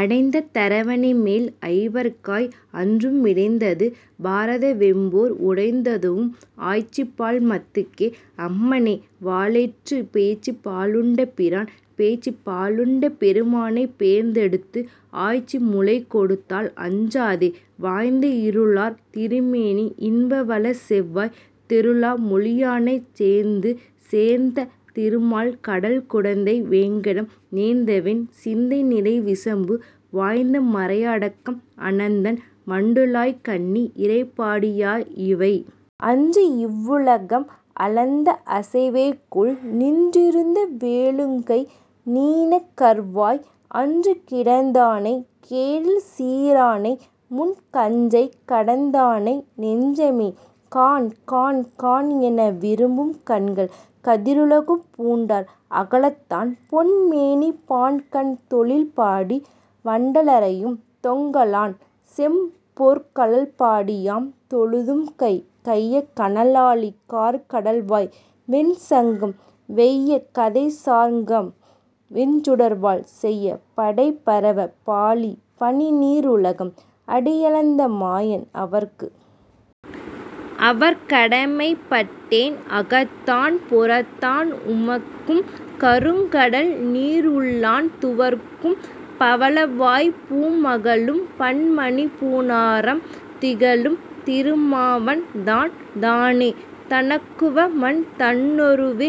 அடைந்த தரவணைமேல் ஐவர்க்காய், அன்று மிடைந்தது பாரத வெம்போர், உடைந்ததுவும் ஆய்ச்சிபால் மத்துக்கே அம்மனே, வாளெயிற்றுப் பேய்ச்சிபா லுண்ட பிரான். பேய்ச்சிபா லுண்ட பெருமானைப் பேர்ந்தெடுத்து, ஆய்ச்சி முலைகொடுத்தாள் அஞ்சாதே, வாய்த்த இருளார் திருமேனி இன்பவளச் செவ்வாய், தெருளா மொழியானைச் சேர்ந்து. சேர்ந்த திருமால் கடல்குடந்தை வேங்கடம் நேர்ந்தவென் சிந்தை நிறைவிசும்பு, வாய்ந்த மறையா டகம்அனந்தன் வண்டுழாய்க் கண்ணி, இறைபாடி யாய இவை. அன்றிவ் வுலகம் அளந்த அசைவேகொல், நின்றிருந்து வேளுக்கை நீணகர்வாய், அன்று கிடந்தானைக் கேடில்சீ ரானை, முன் கஞ்சைக் கடந்தானை நெஞ்சமே. காண். காண்காண் எனவிரும்பும் கண்கள், கதிரிலகு பூண்டார் அகலத்தான் பொன்மேனி, பாண்கண் தொழில்பாடி வண்டறையும் தொங்கலான், செம்பொற் கழல்பாடி யாம்தொழுதும் கை. கைய கனலாழி கார்க்கடல்வாய் வெண்சங்கம், வெய்ய கதைசார்ங்கம் வெஞ்சுடர்வாள், செய்ய படைபரவ பாழி பனிநீ ருலகம், அடியளந்த மாயன் அவற்கு. அவற்கடிமைப் பட்டேன் அகத்தான் புறத்தான், உவக்கும் கருங்கடல்நீ ருள்ளான், துவர்க்கும் பவளவாய்ப் பூமகளும் பன்மணிப்பூ ணாரம், திகழும் திருமார்வன் தான். தானே தனக்குவமன் தன்னுருவே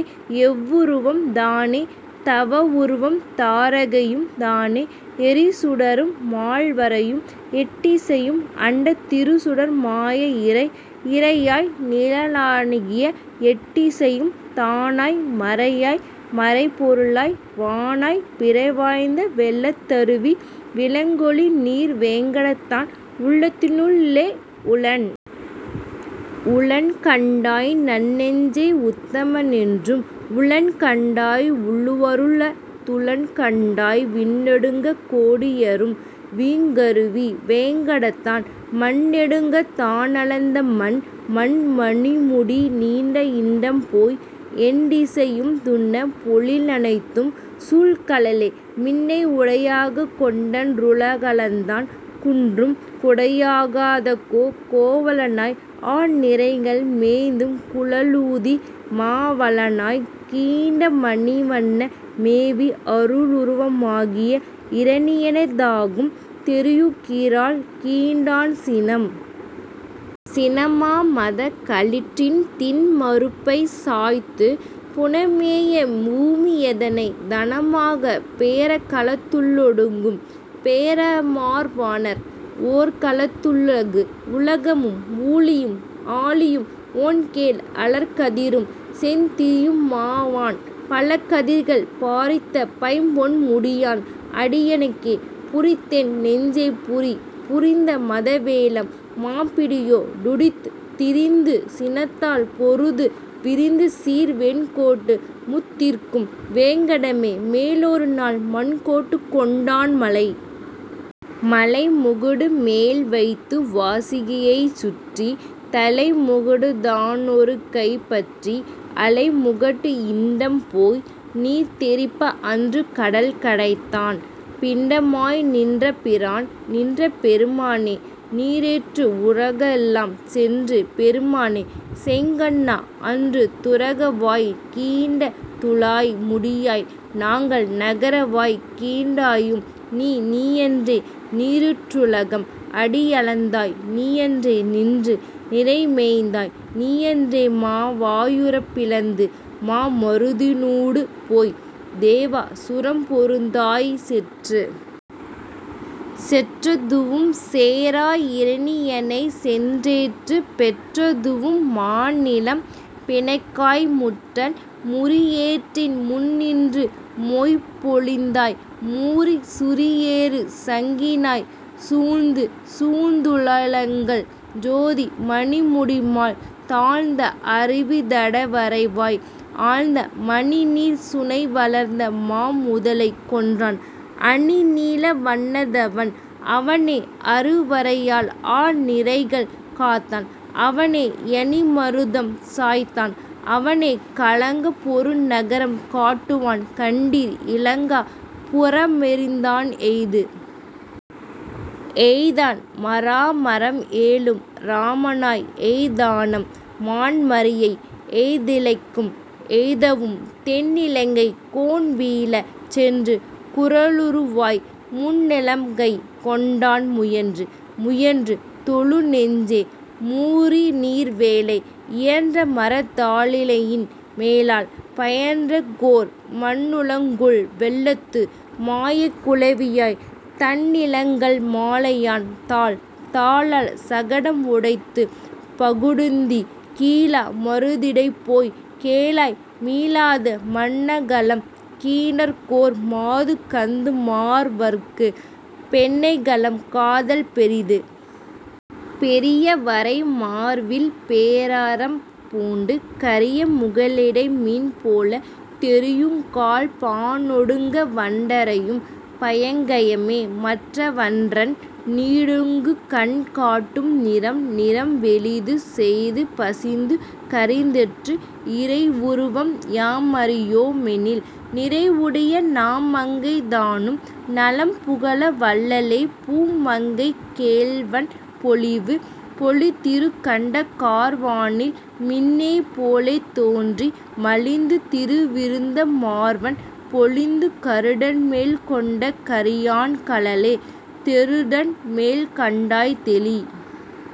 எவ்வுருவும், தானே தவவுருவும் தாரகையும், தானே எரிசுடரும் மால்வரையும் எண்டிசையும், அண்டத் திருசுடரு மாய இறை. இறையாய் நிலனாகி எண்டிசையும் தானாய், மறையாய் மறைப்பொருளாய் வானாய் பிறைவாய்ந்த வெள்ளத் தருவி விளங்கொலிநீர் வேங்கடத்தான், உள்ளத்தி னுள்ளே உளன். உளன்கண்டாய் நன்னெஞ்சே. உத்தம னென்றும் உளன்கண்டாய், உள்ளுவா ருள்ளத் துளன்கண்டாய், விண்ணெடுங்கக் கோடுயரும் வீங்கருவி வேங்கடத்தான், மண்ணெடுங்கத் தானளந்த மன். மன்னு மணிமுடிநீண் டண்டம்போய் எண்டிசையும், துன்னு பொழிலனைத்தும் சூழ்கழலே, மின்னை உடையாகக் கொண்டன் றுலகளந்தான், குன்றும் குடையாக ஆகாத்த கோ. கோவலனாய் ஆநிரைகள் மேய்த்துக் குழலூதி, மாவலனாய்க் கீண்ட மணிவண்ணன், மேவி அரியுருவ மாகி இரணியன தாகம், தெரியுகிரால் கீண்டான் சினம். சினமா மதகளிற்றின் திண்மருப்பைச் சாய்த்து, புனமேய பூமி யதனை, தனமாகப் பேரகலத் துள்ளொடுக்கும் பேரார மார்வனார், ஓரகலத் துள்ள துலகு. உலகமும் ஊழியும் ஆழியும், ஒண்கேழ் அலர்கதிரும் செந்தீயு மாவான், பலகதிர்கள் பாரித்த பைம்பொன் முடியான் அடியிணைக்கே, பூரித்தென் நெஞ்சே புரி. புரிந்து மதவேழம் மாப்பிடியோ டூடித், திரிந்து சினத்தால் பொருது, விரிந்தசீர் வெண்கோட்டு முத்துதிர்க்கும் வேங்கடமே, மேலொருநாள் மண்கோட்டுக் கொண்டான் மலை. மலைமுகடு மேல்வைத்து வாசுகியைச் சுற்றி, தலைமுகடு தானொருகை பற்றி, அலைமுகட் டண்டம்போய் நீர்தெறிப்ப அன்று கடல்கடைந்தான், பிண்டமாய் நின்ற பிரான். நின்ற பெருமானே. நீரேற்று, உலகெல்லாம் சென்ற பெருமானே. செங்கண்ணா, அன்று துரகவாய் கீண்ட துழாய்முடியாய், நாங்கள் நரகவாய் கீண்டாயும் நீ. நீயன்றே நீரேற் றுலகம் அடியளந்தாய், நீயன்றே நின்று நிரைமேய்த்தாய் நீயன்றே மாவா யுரம்பிளந்து மாமருதி னூடுபோய், தேவா சுரம்பொருதாய் செற்று? செற்றதுவும் சேரா இரணியனைச் சென்றேற்றுப் பெற்றதுவும் மாநிலம், பின்னைக்காய் முற்றல் முரியேற்றின் முன்நின்று மொய்ம்பொழித்தாய், மூரிச் சுரியேறு சங்கினாய். சூழ்ந்து. சூழ்ந்த துழாயலங்கல் சோதி மணிமுடிமால், தாழ்ந்த அருவித் தடவரைவாய், ஆழ்ந்த மணிநீர்ச் சுனைவளர்ந்த மாமுதலை கொன்றான், அணிநீல வண்ணத் தவன். அவனே அருவரையால் ஆநிரைகள் காத்தான், அவனே யணிமருதம் சாய்த்தான், அவனே கலங்காப் பொருநகரம் காட்டுவான் கண்டீர், இலங்கா புரமெரித்தான் எய்து. எய்தான் மராமரம் ஏழும் இராமனாய், எய்தானம் மான்மறியை ஏந்திழைக்காய், எய்ததுவும் தென்னிலங்கைக் கோன்வீழச் சென்று குறளுருவாய் முன்னிலம்கைக் கொண்டான் முயன்று. முயன்று தொழுநெஞ்சே. மூரிநீர் வேலை, இயன்றமரத் தாலிலையின் மேலால், பயின்றங்கோர் மண்ணலங்கொள் வெள்ளத்து மாயக் குழவியாய், தண்ணலங்கல் மாலையான் தாள். தாளால் சகடம் உதைத்துப் பகடுந்தி, கீளா மருதிடைபோய்க் கேழலாய், மீளாது மண்ணகலம் கீண்டங்கோர் மாதுகந்த மார்வற்கு, பெண்ணகலம் காதல் பெரிது. பெரிய வரைமார்வில் பேராரம் பூண்டு, கரிய முகிலிடைமின் போல, தெரியுங்கால் பாணொடுங்க வண்டறையும் பங்கயமே, மற்றவன்றன் நீணெடுங்கண் காட்டும் நிறம். நிறம்வெளிது செய்து பசிது கரிதென்று, இறையுருவம் யாமறியோ மெண்ணில், நிறைவுடைய நாமங்கை தானும் நலம்புகழ வல்லளே, பூமங்கை கேள்வன் பொலிவு? பொலிந்திருகண்ட கார்வானில் மின்னேபோல் தோன்றி, மலிந்து திருவிருந்த மார்வன், பொலிந்து கருடன்மேல் கொண்ட கரியான் கழலே, தெருடன்மேல் கண்டாய் தெளி.